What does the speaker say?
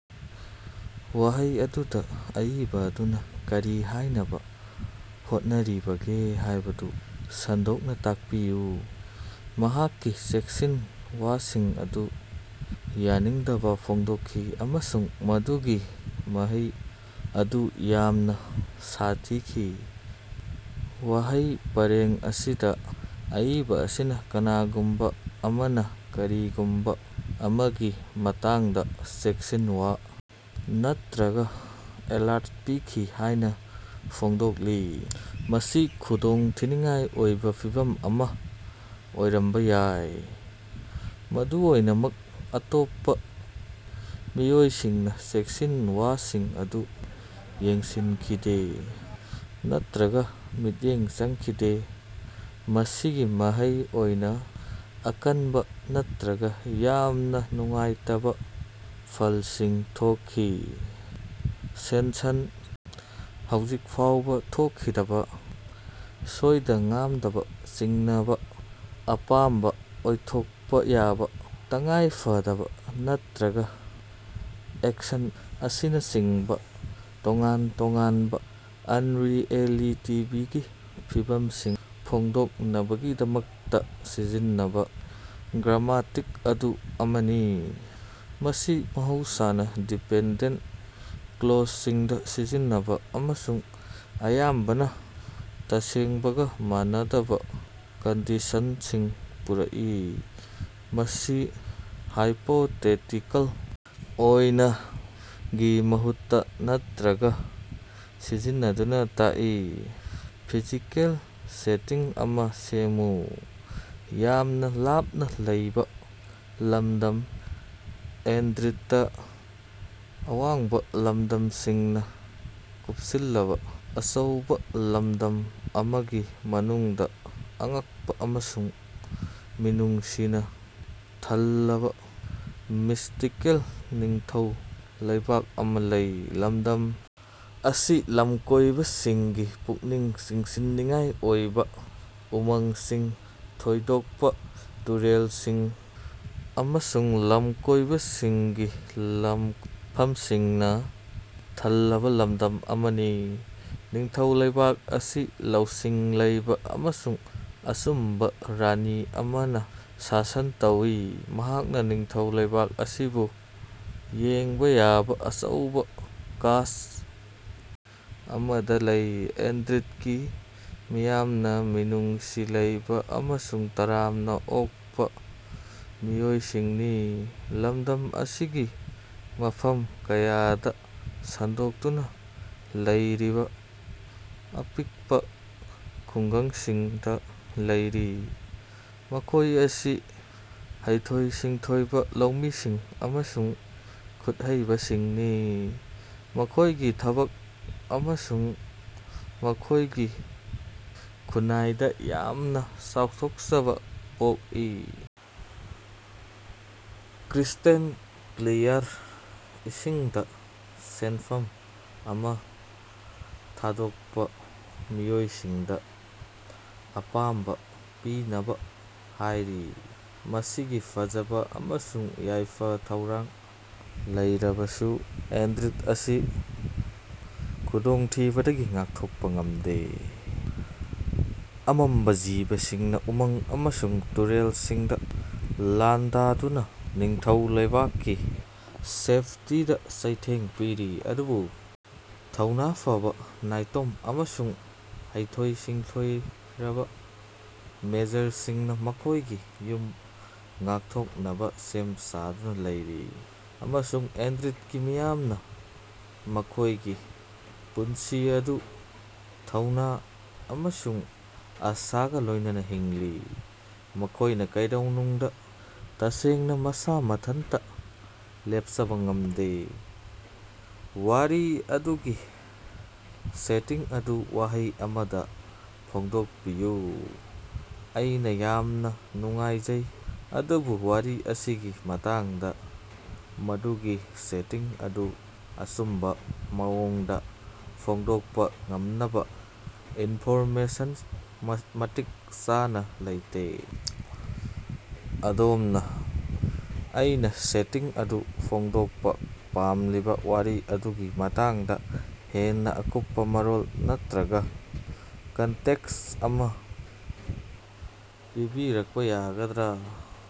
ꯋꯥꯍꯩ ꯑꯗꯨꯗ ꯑꯏꯕ ꯑꯗꯨꯅ ꯀꯔꯤ ꯍꯥꯏꯅꯕ ꯍꯣꯠꯅꯔꯤꯕꯒꯦ ꯍꯥꯏꯕꯗꯨ ꯁꯟꯗꯣꯛꯅ ꯇꯥꯛꯄꯤꯌꯨ ꯫ ꯃꯍꯥꯛꯀꯤ ꯆꯦꯛꯁꯤꯟꯋꯥꯁꯤꯡ ꯑꯗꯨ ꯌꯥꯅꯤꯡꯗꯕ ꯐꯣꯡꯗꯣꯛꯈꯤ ꯑꯃꯁꯨꯡ ꯃꯗꯨꯒꯤ ꯃꯍꯩ ꯑꯗꯨ ꯌꯥꯝꯅ ꯁꯥꯊꯤꯈꯤ꯫ ꯋꯥꯍꯩ ꯄꯔꯦꯡ ꯑꯁꯤꯗ ꯑꯏꯕ ꯑꯁꯤꯅ ꯀꯅꯥꯒꯨꯝꯕ ꯑꯃꯅ ꯀꯔꯤꯒꯨꯝꯕ ꯑꯃꯒꯤ ꯃꯇꯥꯡꯗ ꯆꯦꯛꯁꯤꯟꯋꯥ ꯅꯠꯇ꯭ꯔꯒ ꯑꯦꯂꯔꯠ ꯄꯤꯈꯤ ꯍꯥꯏꯅ ꯐꯣꯡꯗꯣꯛꯂꯤ, ꯃꯁꯤ ꯈꯨꯗꯣꯡꯊꯤꯅꯤꯡꯉꯥꯏ ꯑꯣꯏꯕ ꯐꯤꯚꯝ ꯑꯃ ꯑꯣꯏꯔꯝꯕ ꯌꯥꯏ꯫ ꯑꯗꯨꯝ ꯑꯣꯏꯅꯃꯛ, ꯑꯇꯣꯞꯄ ꯃꯤꯑꯣꯏꯁꯤꯡꯅ ꯆꯦꯛꯁꯤꯟꯋꯥꯁꯤꯡ ꯑꯗꯨ ꯌꯦꯡꯁꯤꯟꯈꯤꯗꯦ ꯅꯠꯇ꯭ꯔꯒ ꯃꯤꯠꯌꯦꯡ ꯆꯪꯈꯤꯗꯦ꯫ ꯃꯁꯤꯒꯤ ꯃꯍꯩ ꯑꯣꯏꯅ ꯑꯀꯟꯕ ꯅꯠꯇ꯭ꯔꯒ ꯌꯥꯝꯅ ꯅꯨꯡꯉꯥꯏꯇꯕ ꯐꯜꯁꯤꯡ ꯊꯣꯛꯈꯤ ꯫ ꯁꯦꯟꯁꯟ ꯍꯧꯖꯤꯛ ꯐꯥꯎꯕ ꯊꯣꯛꯈꯤꯗꯕ, ꯁꯣꯏꯗ-ꯉꯥꯞꯗꯕ, ꯆꯤꯡꯅꯕ, ꯑꯄꯥꯝꯕ, ꯑꯣꯏꯊꯣꯛꯄ ꯌꯥꯕ, ꯇꯉꯥꯏꯐꯗꯕ ꯅꯠꯇ꯭ꯔꯒ ꯑꯦꯛꯁꯟ ꯑꯁꯤꯅꯆꯤꯡꯕ ꯇꯣꯉꯥꯟ-ꯇꯣꯉꯥꯟꯕ ꯑꯟꯔꯤꯑꯦꯂꯤꯇꯤꯒꯤ ꯐꯤꯚꯝꯁꯤꯡ ꯐꯣꯡꯗꯣꯛꯅꯕꯒꯤꯗꯃꯛꯇ ꯁꯤꯖꯤꯟꯅꯕ ꯒ꯭ꯔꯥꯝꯃꯥꯇꯤꯛ ꯃꯨꯗ ꯑꯃꯅꯤ꯫ ꯃꯁꯤ ꯃꯍꯧꯁꯥꯅ ꯗꯤꯄꯦꯟꯗꯦꯟꯇ ꯀ꯭ꯂꯣꯖꯁꯤꯡꯗ ꯁꯤꯖꯤꯟꯅ ꯑꯃꯁꯨꯡ ꯑꯌꯥꯝꯕꯅ ꯇꯁꯦꯡꯕꯒ, ꯃꯥꯟꯅꯗꯕ ꯀꯟꯗꯤꯁꯟꯁꯤꯡ ꯄꯨꯔꯛꯏ꯫ ꯃꯁꯤ ꯍꯥꯏꯄꯣꯇꯦꯇꯤꯀꯜ ꯑꯣꯏꯅ, ꯒꯤ ꯃꯍꯨꯠꯇ ꯅꯠꯇ꯭ꯔꯒ ꯁꯤꯖꯤꯟꯅꯗꯨꯅ ꯇꯥꯛꯏ ꯫ ꯐꯤꯖꯤꯀꯦꯜ ꯁꯦꯇꯤꯡ ꯑꯃ ꯁꯦꯝꯃꯨ꯫ ꯌꯥꯝꯅ ꯂꯥꯞꯅ ꯂꯩꯕ ꯂꯝꯗꯝ ꯑꯦꯜꯗ꯭ꯔꯤꯗꯇ ꯑꯋꯥꯡꯕ ꯂꯝꯗꯝꯁꯤꯡꯅ ꯀꯨꯞꯁꯤꯜꯂꯕ ꯑꯆꯧꯕ ꯂꯝꯗꯝ ꯑꯃꯒꯤ ꯃꯅꯨꯡꯗ ꯑꯉꯛꯄ ꯑꯃꯁꯨꯡ ꯃꯤꯅꯨꯡꯁꯤꯅ ꯊꯜꯂꯕ ꯃꯤꯁꯇꯤꯀꯦꯜ ꯅꯤꯡꯊꯧ ꯂꯩꯕꯥꯛ ꯑꯃ ꯂꯩ꯫ ꯂꯝꯗꯝ ꯑꯁꯤ ꯂꯝꯀꯣꯏꯕꯁꯤꯡꯒꯤ ꯄꯨꯛꯅꯤꯡ ꯆꯤꯡꯁꯤꯟꯅꯤꯡꯉꯥꯏ ꯑꯣꯏꯕ ꯎꯃꯪꯁꯤꯡ, ꯊꯣꯏꯗꯣꯛꯄ ꯇꯨꯔꯦꯂꯜꯁꯤꯡ ꯑꯃꯁꯨꯡ ꯂꯝꯀꯣꯏꯕꯁꯤꯡꯒꯤ ꯂꯝꯀꯣꯏꯐꯝꯁꯤꯡꯅ ꯊꯜꯂꯕ ꯂꯝꯗꯝ ꯑꯃꯅꯤ꯫ ꯅꯤꯡꯊꯧ ꯂꯩꯕꯥꯛ ꯑꯁꯤ ꯂꯧꯁꯤꯡ ꯂꯩꯕ ꯑꯃꯁꯨꯡ ꯑꯆꯨꯝꯕ ꯔꯥꯅꯤ ꯑꯃꯅ ꯁꯥꯁꯟ ꯇꯧꯏ, ꯃꯍꯥꯛꯅ ꯅꯤꯡꯊꯧ ꯂꯩꯕꯥꯛ ꯑꯁꯤꯕꯨ ꯌꯦꯡꯕ ꯌꯥꯕ ꯑꯆꯧꯕ ꯀꯥꯁ꯭ꯠ ꯑꯃꯗ ꯂꯩ꯫ ꯑꯦꯜꯗ꯭ꯔꯤꯗꯀꯤ ꯃꯤꯌꯥꯝꯅ ꯃꯤꯅꯨꯡꯁꯤ ꯂꯩꯕ ꯑꯃꯁꯨꯡ ꯇꯔꯥꯝꯅ ꯑꯣꯛꯄ ꯃꯤꯑꯣꯏꯁꯤꯡꯅꯤ, ꯂꯝꯗꯝ ꯑꯁꯤꯒꯤ ꯃꯐꯝ ꯀꯌꯥꯗ ꯁꯟꯗꯣꯛꯇꯨꯅ ꯂꯩꯔꯤꯕ ꯑꯄꯤꯛꯄ ꯈꯨꯡꯒꯪꯁꯤꯡꯗ ꯂꯩꯔꯤ꯫ ꯃꯈꯣꯏ ꯑꯁꯤ ꯍꯩꯊꯣꯏ-ꯁꯤꯡꯊꯣꯏꯔꯕ ꯂꯧꯃꯤꯁꯤꯡ ꯑꯃꯁꯨꯡ ꯈꯨꯠꯍꯩꯕꯁꯤꯡꯅꯤ, ꯃꯈꯣꯢꯒꯤ ꯊꯕꯛ ꯑꯃꯁꯨꯡ ꯃꯈꯣꯏꯒꯤ ꯈꯨꯟꯅꯥꯏꯗ ꯌꯥꯝꯅ ꯆꯥꯎꯊꯣꯛꯆꯕ ꯄꯣꯛꯏ꯫ ꯀ꯭ꯔꯤꯁ꯭ꯇꯦꯜ ꯀ꯭ꯂꯤꯌꯥꯔ ꯏꯁꯤꯡꯗ ꯁꯦꯟꯐꯝ ꯑꯃ ꯊꯥꯗꯣꯛꯄ ꯃꯤꯑꯣꯏꯁꯤꯡꯗ ꯑꯄꯥꯝꯕ ꯄꯤꯅꯕ ꯍꯥꯏꯔꯤ꯫ ꯃꯁꯤꯒꯤ ꯐꯖꯕ ꯑꯃꯁꯨꯡ ꯌꯥꯏꯐ-ꯊꯧꯔꯥꯡ ꯂꯩꯔꯕꯁꯨ ꯑꯦꯜꯗ꯭ꯔꯤꯗ ꯑꯁꯤ ꯈꯨꯗꯣꯡꯊꯤꯕꯗꯒꯤ ꯉꯥꯛꯊꯣꯛꯄ ꯉꯝꯗꯦ ꯫ ꯑꯃꯝꯕ ꯖꯤꯕꯁꯤꯡꯅ ꯎꯃꯪ ꯑꯃꯁꯨꯡ ꯇꯨꯔꯦꯜꯁꯤꯡꯗ ꯂꯥꯟꯗꯥꯗꯨꯅ ꯅꯤꯡꯊꯧ ꯂꯩꯕꯥꯛꯀꯤ ꯁꯦꯐꯇꯤꯗ ꯆꯩꯊꯦꯡ ꯄꯤꯔꯤ꯫ ꯑꯗꯨꯕꯨ ꯊꯧꯅ ꯐꯕ ꯅꯥꯏꯇꯣꯝ ꯑꯃꯁꯨꯡ ꯍꯩꯊꯣꯏ-ꯁꯤꯡꯊꯣꯏꯔꯕ ꯃꯦꯖꯔꯁꯤꯡꯅ ꯃꯈꯣꯏꯒꯤ ꯌꯨꯝ ꯉꯥꯛꯊꯣꯛꯅꯕ ꯁꯦꯝ ꯁꯥꯗꯨꯅ ꯂꯩꯔꯤ, ꯑꯃꯁꯨꯡ ꯑꯦꯜꯗ꯭ꯔꯤꯗꯀꯤ ꯃꯤꯌꯥꯝꯅ ꯃꯈꯣꯏꯒꯤ ꯄꯨꯟꯁꯤ ꯑꯗꯨ ꯊꯧꯅ ꯑꯃꯁꯨꯡ ꯑꯥꯁꯥꯒ ꯂꯣꯏꯅꯅ ꯍꯤꯡꯂꯤ, ꯃꯈꯣꯢꯅ ꯀꯩꯗꯧꯅꯨꯡꯗ ꯇꯁꯦꯡꯅ ꯃꯁ ꯃꯊꯟꯇ ꯂꯦꯞꯆꯕ ꯉꯝꯗꯦ ꯫ ꯋꯥꯔꯤ ꯑꯗꯨꯒꯤ ꯁꯦꯇꯤꯡ ꯑꯗꯨ ꯋꯥꯍꯩ ꯑꯃꯗ ꯐꯣꯡꯗꯣꯛꯄꯤꯌꯨ꯫ ꯑꯩꯅ ꯌꯥꯝꯅ ꯅꯨꯡꯉꯥꯏꯖꯩ, ꯑꯗꯨꯕꯨ ꯋꯥꯔꯤ ꯑꯁꯤꯒꯤ ꯃꯇꯥꯡꯗ ꯃꯗꯨꯒꯤ ꯁꯦꯇꯤꯡ ꯑꯗꯨ ꯑꯆꯨꯝꯕ ꯃꯑꯣꯡꯗ ꯐꯣꯡꯗꯣꯛꯄ ꯉꯝꯅꯕ ꯏꯟꯐꯣꯔꯃꯦꯁꯟ ꯃꯇꯤꯛ ꯆꯥꯅ ꯂꯩꯇꯦ꯫ ꯑꯗꯣꯝꯅ ꯑꯩꯅ ꯁꯦꯇꯤꯡ ꯑꯗꯨ ꯐꯣꯡꯗꯣꯛꯄ ꯄꯥꯝꯂꯤꯕ ꯋꯥꯔꯤ ꯑꯗꯨꯒꯤ ꯃꯇꯥꯡꯗ ꯍꯦꯟꯅ ꯑꯀꯨꯞꯄ ꯃꯔꯣꯜ ꯅꯠꯇ꯭ꯔꯒ ꯀꯟꯇꯦꯛꯁ ꯑꯃ ꯄꯤꯕꯤꯔꯛꯄ ꯌꯥꯒꯗ꯭ꯔ?